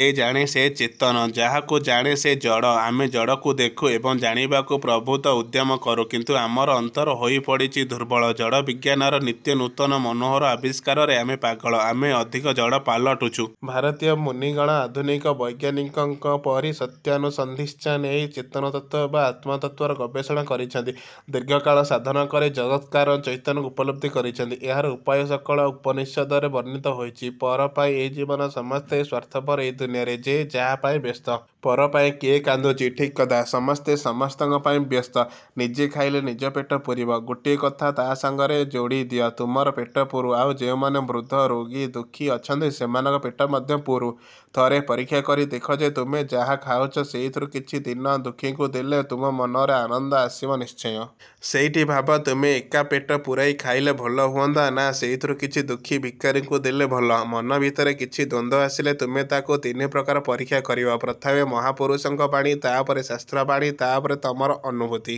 ଯେ ଜାଣେ ସେ ଚେତନ, ଯାହାକୁ ଜାଣେ ସେ ଜଡ଼। ଆମେ ଜଡ଼କୁ ଦେଖୁ ଏବଂ ଜାଣିବାକୁ ପ୍ରଭୂତ ଉଦ୍ୟମ କରୁ, କିନ୍ତୁ ଆମର ଅନ୍ତର ହୋଇପଡ଼ିଛି ଦୁର୍ବଳ। ଜଡ଼ ବିଜ୍ଞାନର ନିତ୍ୟ ନୂତନ ମନୋହର ଆବିଷ୍କାରରେ ଆମେ ପାଗଳ; ଆମେ ଅଧିକ ଜଡ଼ ପାଲଟୁଛୁ। ଭାରତୀୟ ମୁନିଗଣ ଆଧୁନିକ ବୈଜ୍ଞାନିକଙ୍କ ପରି ସତ୍ୟାନୁସନ୍ଧିତ୍ସା ନେଇ ଚେତନତତ୍ତ୍ୱ ବା ଆତ୍ମତତ୍ତ୍ୱର ଗବେଷଣା କରିଛନ୍ତି। ଦୀର୍ଘକାଳ ସାଧନା କରି ଜଗତ୍କାରଣ ଚୈତନ୍ୟକୁ ଉପଲବ୍ଧି କରିଛନ୍ତି। ଏହାର ଉପାୟସକଳ ଉପନିଷଦରେ ବର୍ଣ୍ଣିତ ହୋଇଛି। ପରପାଇଁ ଏ ଜୀବନ ସମସ୍ତେ ସ୍ୱାର୍ଥପର ଏ ଦୁନିଆରେ। ଯେ ଯାହାପାଇଁ ବ୍ୟସ୍ତ। ପରପାଇଁ କିଏ କାନ୍ଦୁଛି? ଠିକ୍ କଥା। ସମସ୍ତେ ସମସ୍ତଙ୍କପାଇଁ ବ୍ୟସ୍ତ। ନିଜେ ଖାଇଲେ ନିଜ ପେଟ ପୂରିବ। ଗୋଟିଏ କଥା ତା' ସାଙ୍ଗରେ ଯୋଡ଼ିଦିଅ—ତୁମର ପେଟ ପୂରୁ, ଆଉ ଯେଉଁମାନେ ବୃଦ୍ଧ, ରୋଗୀ, ଦୁଃଖୀ ଅଛନ୍ତି, ସେମାନଙ୍କ ପେଟ ମଧ୍ୟ ପୂରୁ। ଥରେ ପରୀକ୍ଷା କରି ଦେଖ ଯେ ତୁମେ ଯାହା ଖାଉଚ, ସେଇଥିରୁ କିଛି ଦୀନ-ଦୁଃଖୀଙ୍କୁ ଦେଲେ ତୁମ ମନରେ ଆନନ୍ଦ ଆସିବ ନିଶ୍ଚୟ। ସେଇଠି ଭାବ, ତୁମେ ଏକା ପେଟ ପୂରାଇ ଖାଇଲେ ଭଲ ହୁଅନ୍ତା ନା ସେଇଥିରୁ କିଛି ଦୁଃଖୀ ଭିକାରୀଙ୍କୁ। ଦେଲେ ଭଲ? ମନ ଭିତରେ କିଛି ଦ୍ୱନ୍ଦ୍ୱ ଆସିଲେ ତୁମେ ତାକୁ ତିନିପ୍ରକାର ପରୀକ୍ଷା କରିବ। ପ୍ରଥମେ ମହାପୁରୁଷଙ୍କ ବାଣୀ, ତା'ପରେ ଶାସ୍ତ୍ର-ବାଣୀ, ତା'ପରେ ତମର ଅନୁଭୂତି।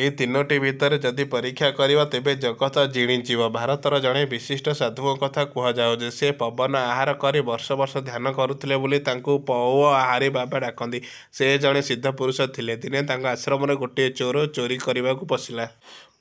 ଏଇ ତିନୋଟି ଭିତରେ ଯଦି ପରୀକ୍ଷା କରିବ ତେବେ ଜଗତ ଜିଣିଯିବ। ଭାରତର ଜଣେ ବିଶିଷ୍ଟ ସାଧୁଙ୍କ କଥା କୁହାଯାଉଛି। ସେ ପବନ ଆହାର କରି ବର୍ଷ ବର୍ଷ ଧ୍ୟାନ କରୁଥିଲେ ବୋଲି ତାଙ୍କୁ ପଓହାରୀବାବା ଡାକନ୍ତି। ସେ ଜଣେ ସିଦ୍ଧପୁରୁଷ ଥିଲେ। ଦିନେ ତାଙ୍କ ଆଶ୍ରମରେ ଗୋଟିଏ ଚୋର ଚୋରି କରିବାକୁ ପଶିଲା।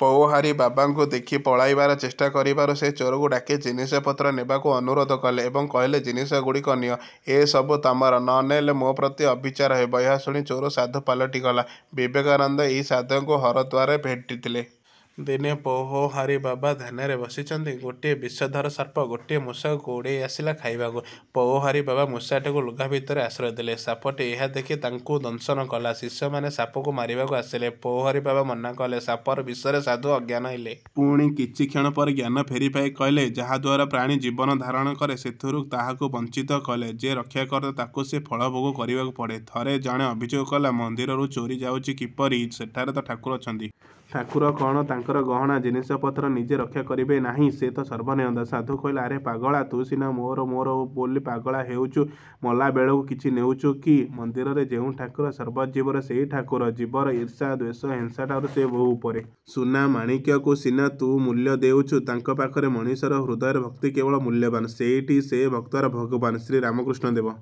ପଓହାରୀବାବାଙ୍କୁ ଦେଖି ପଳାଇବାର ଚେଷ୍ଟା କରିବାରୁ ସେ ଚୋରକୁ ଡାକି ଜିନିଷପତ୍ର ନେବାକୁ ଅନୁରୋଧ କଲେ ଏବଂ କହିଲେ, ''ଜିନିଷଗୁଡ଼ିକ ନିଅ। ଏ ସବୁ ତମର। ନ ନେଲେ ମୋ ପ୍ରତି ଅବିଚାର ହେବ। '' ଏହା ଶୁଣି ଚୋର ସାଧୁ ପାଲଟିଗଲା। ବିବେକାନନ୍ଦ ଏହି ସାଧୁଙ୍କୁ ହରଦ୍ୱାରରେ ଭେଟିଥିଲେ। ଦିନେ ପଓହାରୀବାବା ଧ୍ୟାନରେ ବସିଛନ୍ତି, ଗୋଟିଏ ବିଷଧର ସର୍ପ ଗୋଟିଏ ମୂଷାକୁ ଗୋଡ଼େଇ ଆସିଲା ଖାଇବାକୁ। ପଓହାରୀବାବା ମୂଷାଟିକୁ ଲୁଗାଭିତରେ ଆଶ୍ରୟ ଦେଲେ। ସାପଟି ଏହା ଦେଖି ତାଙ୍କୁ ଦଂଶନ କଲା। ଶିଷ୍ୟମାନେ ସାପକୁ ମାରିବାକୁ ଆସିଲେ। ପଓହାରୀବାବା ମନା କଲେ। ସାପର ବିଷରେ ସାଧୁ ଅଜ୍ଞାନ ହେଲେ। ପୁଣି କିଛିକ୍ଷଣ ପରେ ଜ୍ଞାନ ଫେରିପାଇ କହିଲେ—''ଯାହାଦ୍ୱାରା ପ୍ରାଣୀ ଜୀବନ ଧାରଣ କରେ, ସେଥିରୁ ତାହାକୁ ବଞ୍ଚିତ କଲେ, ଯେ ରକ୍ଷାକର୍ତ୍ତା ତାକୁ ସେ ଫଳଭୋଗ କରିବାକୁ ପଡ଼େ। '' ଥରେ ଜଣେ ଅଭିଯୋଗ କଲା, 'ମନ୍ଦିରରୁ ଚୋରି ଯାଉଛି କିପରି? ସେଠାରେ ତ ଠାକୁର ଅଛନ୍ତି। ଠାକୁର କ'ଣ ତାଙ୍କର ଗହଣା, ଜିନିଷପତ୍ର ନିଜେ ରକ୍ଷା କରିବେ ନାହିଁ? ସେ ତ ସର୍ବନିୟନ୍ତା'। ସାଧୁ କହିଲା—''ଆରେ ପାଗଳା, ତୁ ସିନା 'ମୋର' 'ମୋର' ବୋଲି ପାଗଳା ହେଉଛୁ। ମଲାବେଳକୁ କିଛି ନେଉଚୁ କି? ମନ୍ଦିରରେ ଯେଉଁ ଠାକୁର, ସର୍ବଜୀବରେ ସେହି ଠାକୁର ଜୀବର ଈର୍ଷା, ଦ୍ୱେଷ, ହିଂସାଠାରୁ ସେ ବହୁ ଉପରେ। ସୁନା, ମାଣିକ୍ୟକୁ ସିନା ତୁ ମୂଲ୍ୟ ଦେଉଛୁ, ତାଙ୍କ ପାଖରେ ମଣିଷର ହୃଦୟର ଭକ୍ତି କେବଳ ମୂଲ୍ୟବାନ। ସେଇଠି ସେ ଭକ୍ତର ଭଗବାନ। ଶ୍ରୀରାମକୃଷ୍ଣ ଦେବ